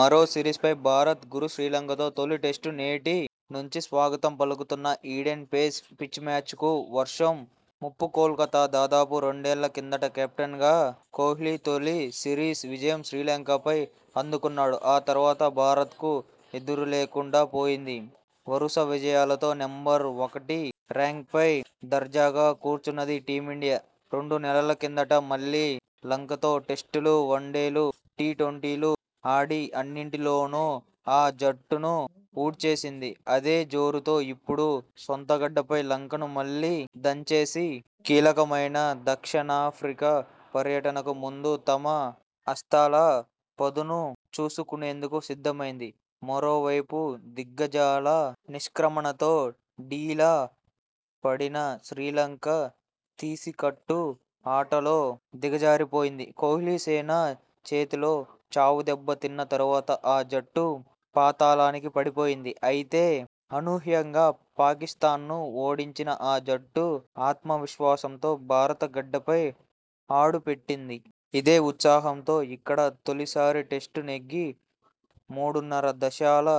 మరో సిరీస్పై భారత్ గురిశ్రీలంకతో తొలి టెస్టు నేటి నుంచిస్వాగతం పలుకుతున్న ఈడెన్ పేస్ పిచ్మ్యాచ్కు వర్షం ముప్పుకోల్కతా: దాదాపు రెండేళ్ల కిందట కెప్టెన్గా కోహ్లీ తొలి సిరీస్ విజయం శ్రీలంకపై అందుకున్నాడు..! ఆ తర్వాత భారత్కు ఎదురు లేకుండా పోయింది. వరుస విజయాలతో నెంబర్ ఒకటి ర్యాంక్పై దర్జాగా కూర్చున్నది టీమిండియా రెండు నెలల కిందట మళ్లీ లంకలో టెస్టులు, వన్డేలు, టీ-ట్వంటీ లు ఆడి అన్నింటిలోనూ ఆ జట్టును ఊడ్చేసింది అదే జోరుతో ఇప్పుడు సొంతగడ్డపై లంకను మళ్లీ దంచేసి.. కీలకమైన దక్షిణాఫ్రికా పర్యటనకు ముందు తమ అస్తాల పదును చూసుకునేందుకు సిద్ధమైంది..మరోవైపుదిగ్గజాల నిష్క్రమణతో డీలా పడిన శ్రీలంక తీసికట్టు ఆటలో దిగజారిపోయింది..కోహ్లీసేన చేతిలో చావుదెబ్బ తిన్న తర్వాత ఆ జట్టు పాతాళానికి పడిపోయింది..అయితే, అనూహ్యంగా పాకిస్థాన్ను ఓడించిన ఆ జట్టు ఆత్మవిశ్వాసంతో భారత గడ్డపై అడుపెట్టింది.. ఇదే ఉత్సాహంతో ఇక్కడ తొలిసారి టెస్ట్ నెగ్గి మూడున్నర దశాల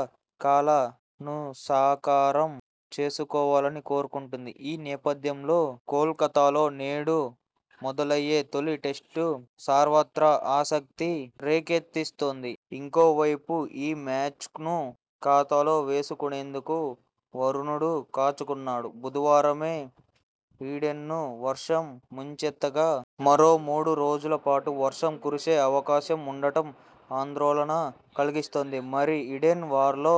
కలను సాకారం చేసుకోవాలని కోరుకుంటోంది..! ఈ నేపథ్యంలో కోల్కతాలో నేడు మొదలయ్యే తొలి టెస్టు సర్వత్రా ఆసక్తి రేకెత్తిస్తోంది..! ఇంకోవైపు.. ఈ మ్యాచ్ను ఖాతాలో వేసుకునేందుకు వరుణుడు కాచుకున్నాడు..! బుధవారమే ఈడెన్ను వర్షం ముంచెత్తగా.. మరో మూడు రోజుల పాటు వర్షం కురిసే అవకాశం ఉండడం ఆంద్రోళన కలిగిస్తోంది..! మరి ఈడెన్ వార్లో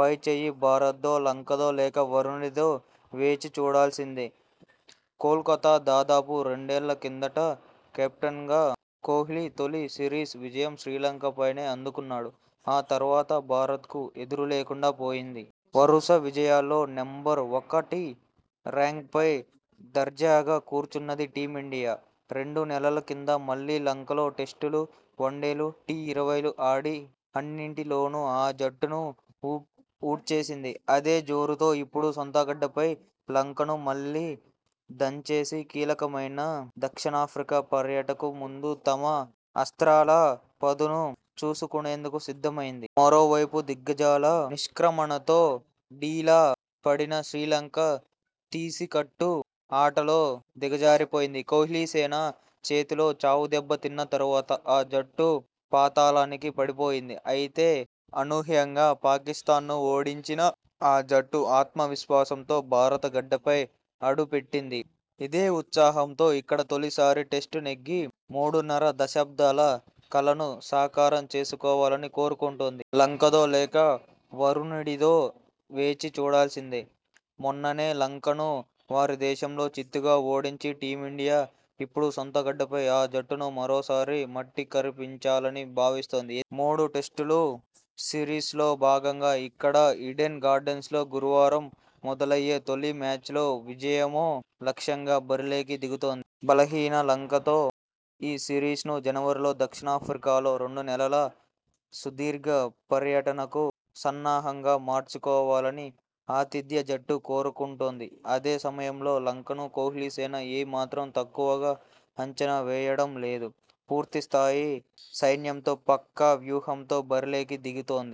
పై చేయి భారత్దో.. లంకదో.. లేక వరుణుడిదో! వేచి చూడాల్సిందే. కోల్కతా: దాదాపు రెండేళ్ల కిందట కెప్టెన్గా కోహ్లీ తొలి సిరీస్ విజయం శ్రీలంకపైనే అందుకున్నాడు..! ఆ తర్వాత భారత్కు ఎదురేలేకుండా పోయింది. వరుస విజయాలో నెంబర్ ఒకటి ర్యాంక్పై దర్జాగా కూర్చుకున్నది టీమిండియా.. రెండు నెలల కింద మళ్లీ లంకలో టెస్టులు, వన్డేలు, టీ-ఇరవై లు ఆడి అన్నింటిలోనూ ఆ జట్టును ఊడ్చేసింది.. అదే జోరుతో ఇప్పుడు సొంతగడ్డపై లంకను మళ్లీ దంచేసి.. కీలకమైన దక్షిణాఫ్రికా పర్యటకు ముందు తమ అస్ర్తాల పదును చూసుకునేందుకు సిద్ధమైంది.. మరోవైపుదిగ్గజాల నిష్క్రమణతో డీలా పడిన శ్రీలంక తీసికట్టు ఆటలో దిగజారిపోయింది..! కోహ్లీసేన చేతిలో చావుదెబ్బ తిన్న తర్వాత ఆ జట్టు పాతాళానికి పడిపోయింది..! అయితే, అనూహ్యంగా పాకిస్థాన్ను ఓడించిన ఆ జట్టు ఆత్మవిశ్వాసంతో భారత గడ్డపై అడుపెట్టింది..! ఇదే ఉత్సాహంతో ఇక్కడ తొలిసారి టెస్ట్ నెగ్గి మూడున్నర దశాబ్దాల కలను సాకారం చేసుకోవాలని కోరుకుంటోంది..! లంకదో.. లేక వరుణుడిదో! వేచి చూడాల్సిందే. మొన్ననే లంకను వారి దేశంలో చిత్తుగా ఓడించి టీమిండియా ఇప్పుడు సొంతగడ్డపై ఆ జట్టును మరోసారి మట్టికరిపించాలని భావిస్తోంది. మూడు టెస్టుల సిరీస్లో భాగంగా ఇక్కడి ఈడెన్ గార్డెన్స్లో గురువారం మొదలయ్యే తొలి మ్యాచ్లో విజయమో లక్ష్యంగా బరిలోకి దిగుతోం బలహీన లంకతో ఈ సిరీస్ను జనవరిలో దక్షిణాఫ్రికాలో రెండు నెలల సుదీర్ఘ పర్యటనకు సన్నాహంగా మార్చుకోవాలని ఆతిథ్య జట్టు కోరుకుంటోంది. అదే సమయంలో లంకను కోహ్లీసేన ఏ మాత్రం తక్కువగా అంచనా వేయడం లేదు. పూర్తి స్థాయి సైన్యంతో.. పక్కా వ్యూహంతో బరిలోకి దిగుతోంది.